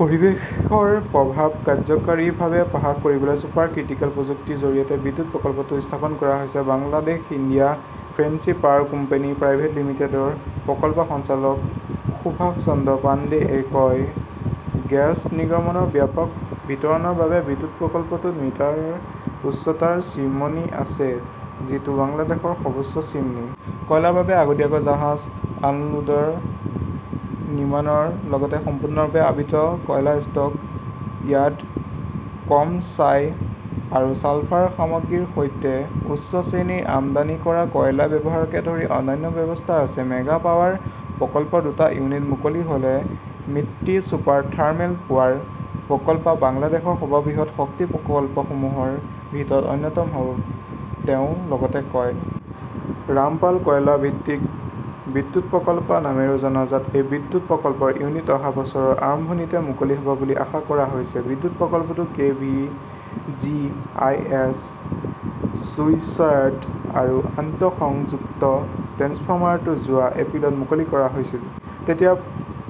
পৰিৱেশৰ প্ৰভাৱ কাৰ্যকৰীভাৱে হ্ৰাস কৰিবলৈ ছুপাৰ ক্ৰিটিকেল প্ৰযুক্তিৰ জৰিয়তে বিদ্যুৎ প্ৰকল্পটো স্থাপন কৰা হৈছে, Bangladesh India friendship power company private লিমিটেডৰ প্ৰকল্প সঞ্চালক সুভাষ চন্দ্ৰ পাণ্ডেয়ে কয়। গেছ নিৰ্গমনৰ ব্যাপক বিতৰণৰ বাবে বিদ্যুৎ প্ৰকল্পটোত মিটাৰ উচ্চতাৰ চিমনী আছে, যিটো বাংলাদেশৰ সৰ্বোচ্চ চিমনী। কয়লাৰ বাবে আগতীয়া জাহাজ অনলোডাৰ নিৰ্মাণৰ লগতে সম্পূৰ্ণৰূপে আবৃত কয়লা ষ্টক য়াৰ্ড, কম ছাই আৰু ছালফাৰ সামগ্ৰীৰ সৈতে উচ্চ শ্ৰেণীৰ আমদানি কৰা কয়লা ব্যৱহাৰকে ধৰি অন্যান্য ব্যৱস্থা আছে। মেগা পাৱাৰ প্ৰকল্পৰ দুটা ইউনিট মুকলি হ'লে মিত্ৰী ছুপাৰ থাৰ্মেল পাৱাৰ প্ৰকল্প বাংলাদেশৰ সৰ্ববৃহৎ শক্তি প্ৰকল্পসমূহৰ ভিতৰত অন্যতম হ'ব, তেওঁ লগতে কয়। ৰামপাল কয়লা ভিত্তিক বিদ্যুৎ প্ৰকল্প নামেৰেও জনাজাত এই বিদ্যুৎ প্ৰকল্পৰ ইউনিট-অহা বছৰৰ আৰম্ভণিতে মুকলি হ'ব বুলি আশা কৰা হৈছে। বিদ্যুৎ প্ৰকল্পটোৰ K. V. G. I. S. Switchyard আৰু আন্তঃসংযুক্ত ট্ৰেন্সফাৰমাৰটো যোৱা এপ্ৰিলত মুকলি কৰা হৈছিল। তেতিয়াৰ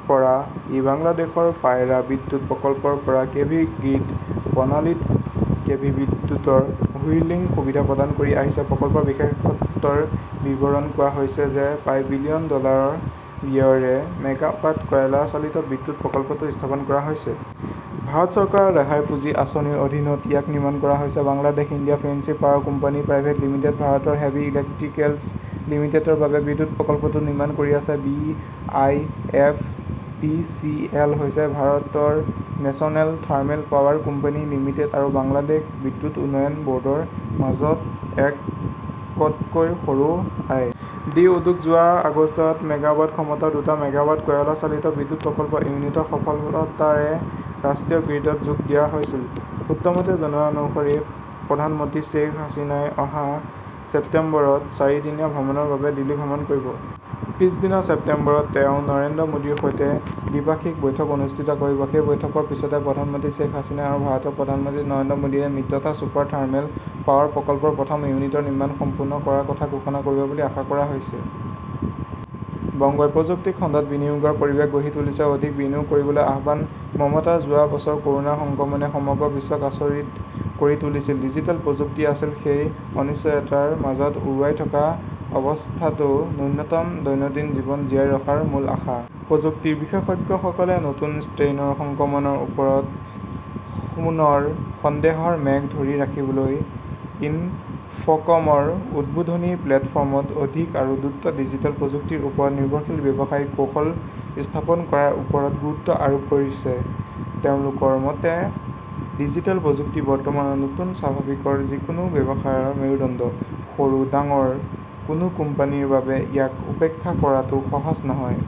পৰা ই বাংলাদেশৰ পায়ৰা বিদ্যুৎ প্ৰকল্পৰ পৰা কেভি গ্ৰীড প্ৰণালীত কেভি বিদ্যুৎৰ হুইলিং সুবিধা প্ৰদান কৰি আহিছে। প্ৰকল্পৰ বিশেষত্বৰ বিৱৰণত কোৱা হৈছে যে প্ৰায় বিলিয়ন ডলাৰৰ ব্যয়েৰে মেগাৱাট কয়লা চালিত বিদ্যুৎ প্ৰকল্পটো স্থাপন কৰা হৈছে। ভাৰত চৰকাৰৰ ৰেহাই পুঁজি আঁচনিৰ অধীনত ইয়াক নিৰ্মাণ কৰা হৈছে। Bangladesh India friendship power company private লিমিটেডে ভাৰতৰ হেভি ইলেকট্ৰিকেলছ লিমিটেডৰ বাবে বিদ্যুৎ প্ৰকল্পটো নিৰ্মাণ কৰি আছে। B. I. F. P. C. L. হৈছে ভাৰতৰ national thermal power company limited আৰু বাংলাদেশ বিদ্যুৎ উন্নয়ন বৰ্ডৰ মাজত এক তকৈ সৰু আই. ডি. উদ্যোগ। যোৱা আগষ্টত মেগাৱাট ক্ষমতাৰ দুটা মেগাৱাট কয়লা চালিত বিদ্যুৎ প্ৰকল্পৰ ইউনিটৰ সফলতাৰে ৰাষ্ট্ৰীয় গ্ৰীডত যোগ দিয়া হৈছিল। সূত্ৰসমূহে জনোৱা অনুসৰি প্ৰধানমন্ত্ৰী শ্বেইখ হাছিনাই অহা ছেপ্টেম্বৰত চাৰিদিনীয়া ভ্ৰমণৰ বাবে দিল্লী ভ্ৰমণ কৰিব। পিছদিনা ছেপ্টেম্বৰত তেওঁ নৰেন্দ্ৰ মোদীৰ সৈতে দ্বিপাক্ষিক বৈঠক অনুষ্ঠিত কৰিব। সেই বৈঠকৰ পিছতে প্ৰধানমন্ত্ৰী শ্বেইখ হাছিনা আৰু ভাৰতৰ প্ৰধানমন্ত্ৰী নৰেন্দ্ৰ মোদীয়ে মিত্ৰতা ছুপাৰ থাৰ্মেল পাৱাৰ প্ৰকল্পৰ প্ৰথম ইউনিটৰ নিৰ্মাণ সম্পূৰ্ণ কৰাৰ কথা ঘোষণা কৰিব বুলি আশা কৰা হৈছে। বংগই প্ৰযুক্তি খণ্ডত বিনিয়োগৰ পৰিৱেশ গঢ়ি তুলিছে, অধিক বিনিয়োগ কৰিবলৈ আহ্বান মমতাৰ যোৱা বছৰ কৰোনাৰ সংক্ৰমণে সমগ্ৰ বিশ্বক আচৰিত কৰি তুলিছিল। ডিজিটেল প্ৰযুক্তি আছিল সেই অনিশ্চয়তাৰ মাজত উৰুৱাই থকা অৱস্থাতও ন্যূনতম দৈনন্দিন জীৱন জীয়াই ৰখাৰ মূল আশা। প্ৰযুক্তিৰ বিশেষজ্ঞসকলে নতুন ষ্ট্ৰেইনৰ সংক্ৰমণৰ ওপৰত পুনৰ সন্দেহৰ মেঘ ধৰি ৰাখিবলৈ ইনফকমৰ উদ্বোধনী প্লেটফৰ্মত অধিক আৰু দ্ৰুত ডিজিটেল প্ৰযুক্তিৰ ওপৰত নিৰ্ভৰশীল ব্যৱসায়িক কৌশল স্থাপন কৰাৰ ওপৰত গুৰুত্ব আৰোপ কৰিছে। তেওঁলোকৰ মতে, ডিজিটেল প্ৰযুক্তি বৰ্তমানৰ নতুন স্বাভাৱিকৰ যিকোনো ব্যৱসায়ৰ মেৰুদণ্ড। সৰু-ডাঙৰ, কোনো কোম্পানীৰ বাবে ইয়াক উপেক্ষা কৰাটো সহজ নহয়।